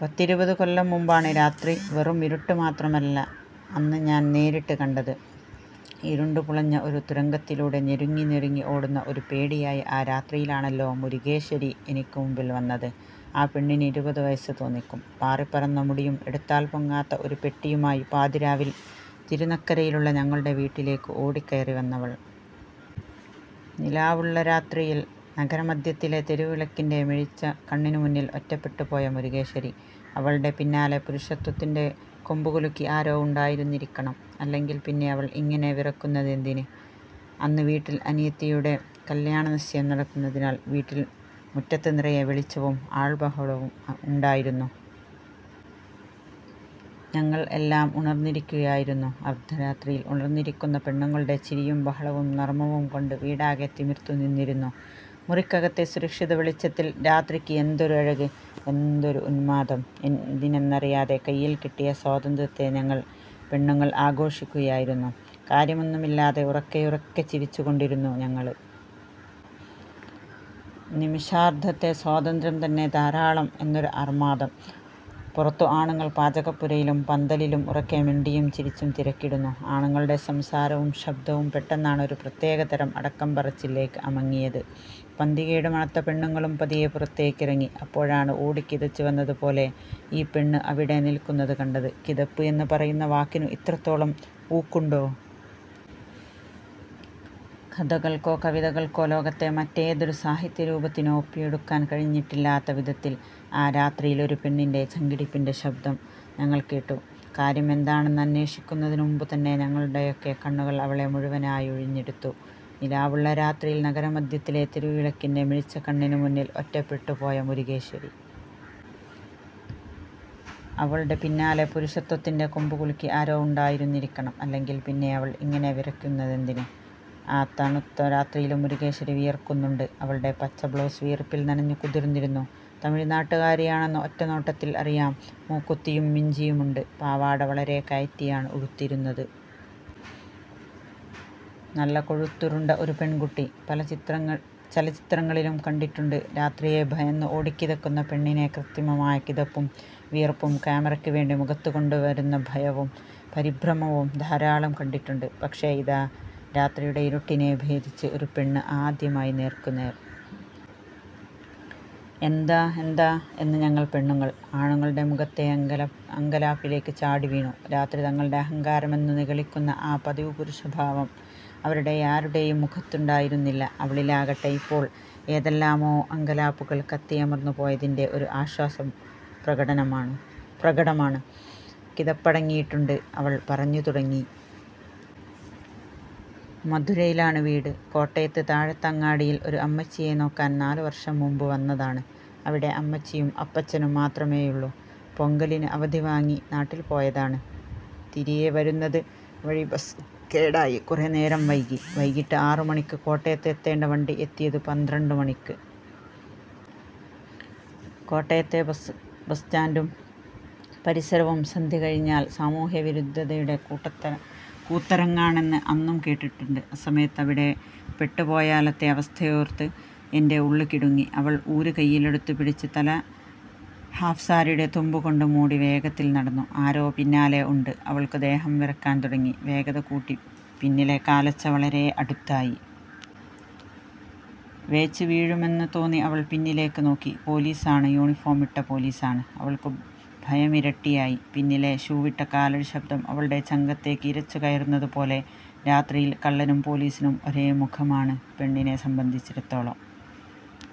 പത്തിരുപതുകൊല്ലം മുമ്പാണ് രാത്രി വെറും ഇരുട്ട് മാത്രമല്ല അന്ന് ഞാൻ നേരിട്ട് കണ്ടത്. ഇരുണ്ടു പുളഞ്ഞ ഒരു തുരങ്കത്തിലൂടെ ഞെരുങ്ങി ഞെരുങ്ങി ഓടുന്ന ഒരു പേടിയായി ആ രാത്രിയിലാണല്ലോ മുരുകേശ്വരി എനിക്ക് മുന്നിൽ വന്നത് ആ പെണ്ണിന് ഇരുപതു വയസ്സ് തോന്നിക്കും. പാറിപ്പറന്ന മുടിയും എടുത്താൽ പൊങ്ങാത്ത ഒരു പെട്ടിയുമായി പാതിരാവിൽ തിരുനക്കരയിലുള്ള ഞങ്ങളുടെ വീട്ടിലേക്കു ഓടിക്കയറി വന്നവൾ. നിലാവുള്ള രാത്രിയിൽ നഗരമധ്യത്തിലെ തെരുവുവിളക്കിന്റെ മിഴിച്ച കണ്ണിനു മുന്നിൽ ഒറ്റപ്പെട്ടു പോയ മുരുകേശ്വരി. അവളുടെ പിന്നാലെ പുരുഷത്വത്തിന്റെ കൊമ്പ് കുലുക്കി ആരോ ഉണ്ടായിരുന്നിരിക്കണം. അല്ലെങ്കിൽ പിന്നെ അവൾ ഇങ്ങനെ വിറക്കുന്നതെന്തിന്? അന്ന് വീട്ടില് അനിയത്തിയുടെ കല്യാണനിശ്ചയം നടക്കുന്നതിനാൽ വീട്ടിൽ മുറ്റത്ത് നിറയെ വെളിച്ചവും ആൾ ബഹളവും ഉണ്ടായിരുന്നു. ഞങ്ങൾ എല്ലാം ഉണർന്നിരിക്കുകയായിരുന്നു. അർദ്ധരാത്രിയിൽ ഉണർന്നിരിക്കുന്ന പെണ്ണുങ്ങളുടെ ചിരിയും ബഹളവും നർമ്മവും കൊണ്ട് വീട് ആകെ തിമിർത്തു നിന്നിരുന്നു. മുറിക്കകത്തെ സുരക്ഷിതവെളിച്ചത്തിൽ രാത്രിക്ക് എന്തൊരു അഴക്!! എന്തൊരു ഉന്മാദം!! എന്തിനെന്നറിയാതെ കയ്യിൽ കിട്ടിയ സ്വാതന്ത്ര്യത്തെ ഞങ്ങൾ പെണ്ണുങ്ങൾ ആഘോഷിക്കുകയായിരുന്നു. കാര്യമൊന്നുമില്ലാതെ ഉറക്കെയുറക്കെ ചിരിച്ചു കൊണ്ടിരുന്നു ഞങ്ങള്. നിമിഷാർദ്ധത്തെ സ്വാതന്ത്ര്യം തന്നെ ധാരാളം എന്നൊരു അർമാദം. പുറത്തു ആണുങ്ങൾ പാചകപ്പുരയിലും പന്തലിലും ഉറക്കെ മിണ്ടിയും ചിരിച്ചും തിരക്കിടുന്നു. ആണുങ്ങളുടെ സംസാരവും ശബ്ദവും പെട്ടെന്നാണ് ഒരു പ്രത്യേക തരം അടക്കം പറച്ചിലിലേക്ക് അമങ്ങിയത്. പന്തികേട് മണത്ത പെണ്ണുങ്ങളും പതിയെ പുറത്തേക്കിറങ്ങി. അപ്പോഴാണ് ഓടിക്കിതച്ചുവന്നത് പോലെ ഈ പെണ്ണ് അവിടെ നിൽക്കുന്നത് കണ്ടത് കിതപ്പ് എന്ന് പറയുന്ന വാക്കിനു ഇത്രത്തോളം ഊക്കുണ്ടോ? കഥകൾക്കോ കവിതകൾക്കോ ലോകത്തെ മറ്റേതൊരു സാഹിത്യരൂപത്തിനോ ഒപ്പിയെടുക്കാൻ കഴിഞ്ഞിട്ടില്ലാത്ത വിധത്തിൽ ആ രാത്രിയിൽ ഒരു പെണ്ണിന്റെ ചങ്കിടിപ്പിന്റെ ശബ്ദം ഞങ്ങൾ കേട്ടു കാര്യം എന്താണെന്ന് അന്വേഷിക്കുന്നതിനു മുമ്പ് തന്നെ ഞങ്ങളുടെയൊക്കെ കണ്ണുകൾ അവളെ മുഴുവനായി ഉഴിഞ്ഞെടുത്തു. നിലാവുള്ള രാത്രിയിൽ നഗരമധ്യത്തിലെ തെരുവുവിളക്കിന്റെ മിഴിച്ച കണ്ണിനു മുന്നിൽ ഒറ്റപ്പെട്ടു പോയ മുരുകേശ്വരി. അവളുടെ പിന്നാലെ പുരുഷത്വത്തിന്റെ കൊമ്പ് കുലുക്കി ആരോ ഉണ്ടായിരുന്നിരിക്കണം. അല്ലെങ്കിൽ പിന്നെ അവൾ ഇങ്ങനെ വിറക്കുന്നതെന്തിന്? ആ തണുത്ത രാത്രിയിലും മുരുകേശ്വരി വിയർക്കുന്നുണ്ട്. അവളുടെ പച്ച ബ്ലൗസ് വിയർപ്പിൽ നനഞ്ഞു കുതിർന്നിരുന്നു. തമിഴ് നാട്ടുകാരിയാണെന്നു ഒറ്റ നോട്ടത്തിൽ അറിയാം. മൂക്കുത്തിയും മിഞ്ചിയുമുണ്ട്. പാവാട വളരെ കയറ്റിയാണ് ഉടുത്തിരുന്നത്. നല്ല കൊഴുത്തുരുണ്ട ഒരു പെൺകുട്ടി. പല ചലച്ചിത്രങ്ങളിലും കണ്ടിട്ടുണ്ട് രാത്രിയെ ഭയന്ന് ഓടിക്കിതക്കുന്ന പെണ്ണിനെ കൃത്രിമമായ കിതപ്പും വിയർപ്പും കാമറക്ക് വേണ്ടി മുഖത്ത് കൊണ്ടുവരുന്ന ഭയവും പരിഭ്രമവും ധാരാളം കണ്ടിട്ടുണ്ട് പക്ഷെ, ഇതാ രാത്രിയുടെ ഇരുട്ടിനെ ഭേദിച്ച് ഒരു പെണ്ണ് ആദ്യമായി നേർക്കുനേർ. ' എന്താ എന്താ ' എന്ന് ഞങ്ങൾ പെണ്ണുങ്ങൾ, ആണുങ്ങളുടെ മുഖത്തെ അങ്കലാപ്പിലേക്ക് ചാടിവീണു. രാത്രി തങ്ങളുടെ അഹങ്കാരമെന്നു നിഗളിക്കുന്ന ആ പതിവുപുരുഷഭാവം അവരുടെയാരുടെയും മുഖത്തുണ്ടായിരുന്നില്ല. അവളിലാകട്ടെ ഇപ്പോൾ ഏതെല്ലാമോ അങ്കലാപ്പുകൾ കത്തിയമർന്നു പോയതിന്റെ ഒരു ആശ്വാസം പ്രകടമാണ്. കിതപ്പടങ്ങിയിട്ടുണ്ട്. അവൾ പറഞ്ഞു തുടങ്ങി. ' മധുരയിലാണ് വീട്. കോട്ടയത്ത് താഴത്തങ്ങാടിയിൽ ഒരു അമ്മച്ചിയെ നോക്കാൻ നാല് വർഷം മുമ്പ് വന്നതാണ്. അവിടെ അമ്മച്ചിയും അപ്പച്ചനും മാത്രമേയുള്ളൂ. പൊങ്കലിന് അവധി വാങ്ങി നാട്ടിൽ പോയതാണ്. തിരിയെ വരുന്നത് വഴി ബസ് കേടായി കുറെ നേരംവൈകി. വൈകിട്ട് ആറുമണിക്ക് കോട്ടയത്ത് എത്തേണ്ട വണ്ടി എത്തിയതു പന്ത്രണ്ട് മണിക്ക് '. കോട്ടയത്തെ ബസ്സ് സ്റ്റാൻഡും പരിസരവും സന്ധ്യ കഴിഞ്ഞാൽ സാമൂഹ്യവിരുദ്ധതയുടെ കൂത്തരങ്ങാണെന്ന് അന്നും കേട്ടിട്ടുണ്ട്. അസമയത്ത് അവിടെ പെട്ട് പോയാലത്തെ അവസ്ഥയോർത്തു എന്റെ ഉള്ള് കിടുങ്ങി. അവൾ ഊര് കയ്യിലെടുത്തുപിടിച്ച് തല ഹാഫ്സാരിയുടെ തുമ്പു കൊണ്ട് മൂടി വേഗത്തിൽ നടന്നു. ആരോ പിന്നാലെ ഉണ്ട് അവൾക്കു ദേഹം വിറക്കാൻ തുടങ്ങി വേഗത കൂട്ടി പിന്നിലെ കാലൊച്ച വളരെ അടുത്തായി. വേച്ച് വീഴുമെന്നു തോന്നി അവൾ പിന്നിലേക്ക് നോക്കി. പോലീസാണ് യൂണിഫോമിട്ട പോലീസാണ്. അവൾക്കു ഭയമിരട്ടിയായി. പിന്നിലെ ഷൂവിട്ട കാലടിശബ്ദം അവളുടെ ചങ്കത്തേക്ക് ഇരച്ചു കയറുന്നത് പോലെ രാത്രിയിൽ കള്ളനും പോലീസിനും ഒരേ മുഖമാണ് പെണ്ണിനെ സംബന്ധിച്ചിടത്തോളം.